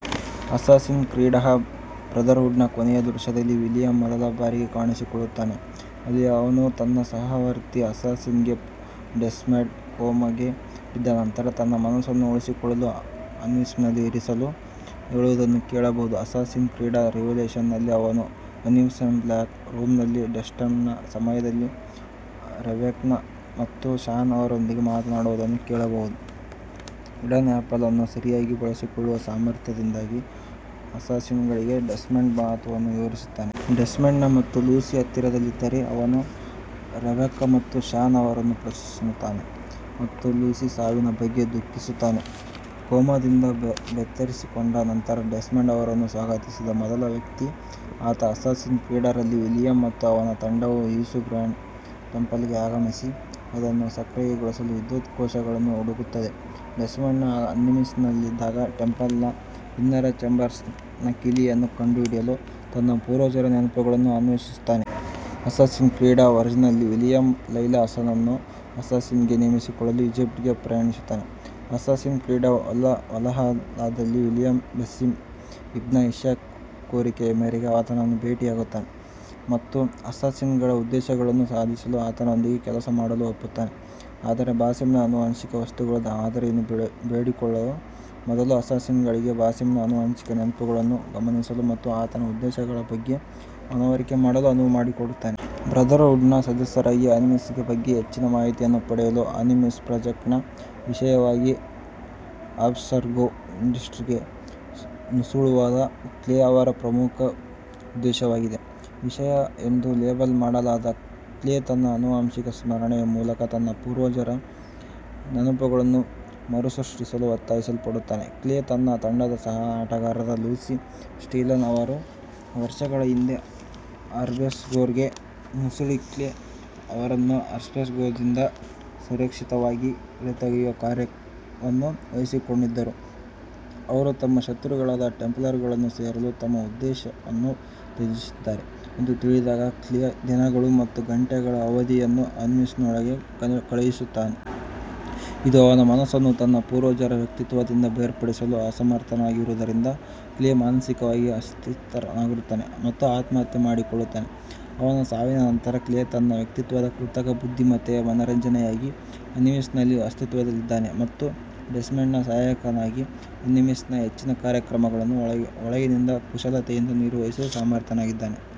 Assassin's creed ಬ್ರದರ್ಹುಡ್ನ ಕೊನೆಯ ದೃಶ್ಯದಲ್ಲಿ William ಮೊದಲ ಬಾರಿಗೆ ಕಾಣಿಸಿಕೊಳ್ಳುತ್ತಾನೆ, ಅಲ್ಲಿ ಅವನು ತನ್ನ ಸಹವರ್ತಿ ಅಸ್ಸಾಸಿನ್ಸ್ಗೆ ಡೆಸ್ಮಂಡ್ ಕೋಮಾಗೆ ಬಿದ್ದ ನಂತರ ತನ್ನ ಮನಸ್ಸನ್ನು ಉಳಿಸಿಕೊಳ್ಳಲು ಅನಿಮಸ್ನಲ್ಲಿ ಇರಿಸಲು ಹೇಳುವುದನ್ನು ಕೇಳಬಹುದು. ಅಸ್ಸಾಸಿನ್ಸ್ ಕ್ರೀಡ್ಃ ರಿವಿಲೇಷನ್ಸ್ ನಲ್ಲಿ, ಅವನು ಅನಿಮಸ್ ಬ್ಲ್ಯಾಕ್ ರೂಮ್ನಲ್ಲಿ ಡೆಸ್ಮಂಡ್ನ ಸಮಯದಲ್ಲಿ ರೆಬೆಕ್ಕಾ ಮತ್ತು ಶಾನ್ ಅವರೊಂದಿಗೆ ಮಾತನಾಡುವುದನ್ನು ಕೇಳಬಹುದು, ಈಡನ್ ಆಪಲ್ ಅನ್ನು ಸರಿಯಾಗಿ ಬಳಸಿಕೊಳ್ಳುವ ಸಾಮರ್ಥ್ಯದಿಂದಾಗಿ ಅಸ್ಸಾಸಿನ್ಗಳಿಗೆ ಡೆಸ್ಮಂಡ್ನ ಮಹತ್ವವನ್ನು ವಿವರಿಸುತ್ತಾನೆ. ಡೆಸ್ಮಂಡ್ ಮತ್ತು ಲೂಸಿ ಹತ್ತಿರದಲ್ಲಿದ್ದರೆ ಅವನು ರೆಬೆಕ್ಕಾ ಮತ್ತು ಶಾನ್ ಅವರನ್ನು ಪ್ರಶ್ನಿಸುತ್ತಾನೆ ಮತ್ತು ಲೂಸಿ ಸಾವಿನ ಬಗ್ಗೆ ದುಃಖಿಸುತ್ತಾನೆ. ಕೋಮಾದಿಂದ ಚೇತರಿಸಿಕೊಂಡ ನಂತರ ಡೆಸ್ಮಂಡ್ ಅವರನ್ನು ಸ್ವಾಗತಿಸಿದ ಮೊದಲ ವ್ಯಕ್ತಿ ಆತ. ಅಸ್ಸಾಸಿನ್ಸ್ ಕ್ರೀಡ್ ರಲ್ಲಿ, ವಿಲಿಯಂ ಮತ್ತು ಅವನ ತಂಡವು ಇಸು ಗ್ರ್ಯಾಂಡ್ ಟೆಂಪಲ್ಗೆ ಆಗಮಿಸಿ ಅದನ್ನು ಸಕ್ರಿಯಗೊಳಿಸಲು ವಿದ್ಯುತ್ ಕೋಶಗಳನ್ನು ಹುಡುಕುತ್ತದೆ, ಡೆಸ್ಮಂಡ್ ಅನಿಮಸ್ನಲ್ಲಿದ್ದಾಗ, ಟೆಂಪಲ್ನ ಇನ್ನರ್ ಚೇಂಬರ್ಸ್ನ ಕೀಲಿಯನ್ನು ಕಂಡುಹಿಡಿಯಲು ತನ್ನ ಪೂರ್ವಜರ ನೆನಪುಗಳನ್ನು ಅನ್ವೇಷಿಸುತ್ತಾನೆ. ಅಸ್ಸಾಸಿನ್ಸ್ ಕ್ರೀಡ್ ಒರಿಜಿನ್ಸ್ನಲ್ಲಿ, ವಿಲಿಯಂ ಲೈಲಾ ಹಸನ್ನನ್ನು ಅಸ್ಸಾಸಿನ್ಸ್ಗೆ ನೇಮಿಸಿಕೊಳ್ಳಲು ಈಜಿಪ್ಟ್ಗೆ ಪ್ರಯಾಣಿಸುತ್ತಾನೆ. ಅಸ್ಸಾಸಿನ್ಸ್ ಕ್ರೀಡ್ ವಲ್ಹಲ್ಲಾದಲ್ಲಿ, ವಿಲಿಯಂ ಬಸಿಂ ಇಬ್ನ್ ಇಶಾಕ್ನ ಕೋರಿಕೆಯ ಮೇರೆಗೆ ಆತನನ್ನು ಭೇಟಿಯಾಗುತ್ತಾನೆ ಮತ್ತು ಅಸ್ಸಾಸಿನ್ಗಳ ಉದ್ದೇಶಗಳನ್ನು ಸಾಧಿಸಲು ಆತನೊಂದಿಗೆ ಕೆಲಸ ಮಾಡಲು ಒಪ್ಪುತ್ತಾನೆ, ಆದರೆ ಬಾಸಿಂನ ಆನುವಂಶಿಕ ವಸ್ತುಗಳ ಮಾದರಿಯನ್ನು ಬೇಡಿಕೊಳ್ಳುವ ಮೊದಲು, ಅಸ್ಸಾಸಿನ್ಗಳಿಗೆ ಬಾಸಿಂನ ಆನುವಂಶಿಕ ನೆನಪುಗಳನ್ನು ಗಮನಿಸಲು ಮತ್ತು ಆತನ ಉದ್ದೇಶಗಳ ಬಗ್ಗೆ ಮನವರಿಕೆ ಮಾಡಲು ಅನುವು ಮಾಡಿಕೊಡುತ್ತದೆ. ಬ್ರದರ್ಹುಡ್ನ ಸದಸ್ಯರಾಗಿ, ಅನಿಮಸ್ ಬಗ್ಗೆ ಹೆಚ್ಚಿನ ಮಾಹಿತಿಯನ್ನು ಪಡೆಯಲು ಅನಿಮಸ್ ಪ್ರಾಜೆಕ್ಟ್ನ ವಿಷಯವಾಗಿ ಅಬ್ಸ್ಟರ್ಗೊ ಇಂಡಸ್ಟ್ರೀಸ್ಗೆ ನುಸುಳುವುದು ಕ್ಲೇ ಅವರ ಪ್ರಮುಖ ಉದ್ದೇಶವಾಗಿದೆ. ವಿಷಯ ಎಂದು ಲೇಬಲ್ ಮಾಡಲಾದ ಕ್ಲೇ ತನ್ನ ಆನುವಂಶಿಕ ಸ್ಮರಣೆಯ ಮೂಲಕ ತನ್ನ ಪೂರ್ವಜರ ನೆನಪುಗಳನ್ನು ಮರುಸೃಷ್ಟಿಸಲು ಒತ್ತಾಯಿಸಲ್ಪಡುತ್ತಾನೆ. ಕ್ಲೇ ತನ್ನ ತಂಡದ ಸಹ ಆಟಗಾರರಾದ ಲೂಸಿ ಸ್ಟಿಲ್ಮನ್-ಅವರು ವರ್ಷಗಳ ಹಿಂದೆ ಅಬ್ಸ್ಟೆರ್ಗೊಗೆ ನುಸುಳಿ, ಕ್ಲೇ ಅವರನ್ನು ಅಬ್ಸ್ಟೆರ್ಗೊದಿಂದ ಸುರಕ್ಷಿತವಾಗಿ ಹೊರತೆಗೆಯುವ ಕಾರ್ಯವನ್ನು ವಹಿಸಿಕೊಂಡಿದ್ದರು-ಅವರು ತಮ್ಮ ಶತ್ರುಗಳಾದ ಟೆಂಪ್ಲರ್ಗಳನ್ನು ಸೇರಲು ತಮ್ಮ ಉದ್ದೇಶವನ್ನು ತ್ಯಜಿಸಿದ್ದಾರೆ ಎಂದು ತಿಳಿದಾಗ, ಕ್ಲೇ ದಿನಗಳು ಮತ್ತು ಗಂಟೆಗಳ ಅವಧಿಯನ್ನು ಅನಿಮಸ್ನೊಳಗೆ ಕಳೆಯುತ್ತಾರೆ. ಇದು ಅವನ ಮನಸ್ಸನ್ನು ತನ್ನ ಪೂರ್ವಜರ ವ್ಯಕ್ತಿತ್ವದಿಂದ ಬೇರ್ಪಡಿಸಲು ಅಸಮರ್ಥವಾಗಿಸುವುದರಿಂದ, ಕ್ಲೇ ಮಾನಸಿಕವಾಗಿ ಅಸ್ಥಿರನಾಗುತ್ತಾನೆ ಮತ್ತು ಆತ್ಮಹತ್ಯೆ ಮಾಡಿಕೊಳ್ಳುತ್ತಾನೆ. ಅವನ ಸಾವಿನ ನಂತರ, ಕ್ಲೇ ತನ್ನ ವ್ಯಕ್ತಿತ್ವದ ಕೃತಕ ಬುದ್ಧಿಮತ್ತೆಯ ಮನರಂಜನೆಯಾಗಿ ಅನಿಮಸ್ನಲ್ಲಿ ಅಸ್ತಿತ್ವದಲ್ಲಿದ್ದಾನೆ ಮತ್ತು ಡೆಸ್ಮಂಡ್ನ ಸಹಾಯಕ್ಕಾಗಿ ಅನಿಮಸ್ನ ಹೆಚ್ಚಿನ ಕಾರ್ಯಕ್ರಮಗಳನ್ನು ಒಳಗಿನಿಂದ ಕುಶಲತೆಯಿಂದ ನಿರ್ವಹಿಸಲು ಸಮರ್ಥನಾಗಿದ್ದಾನೆ.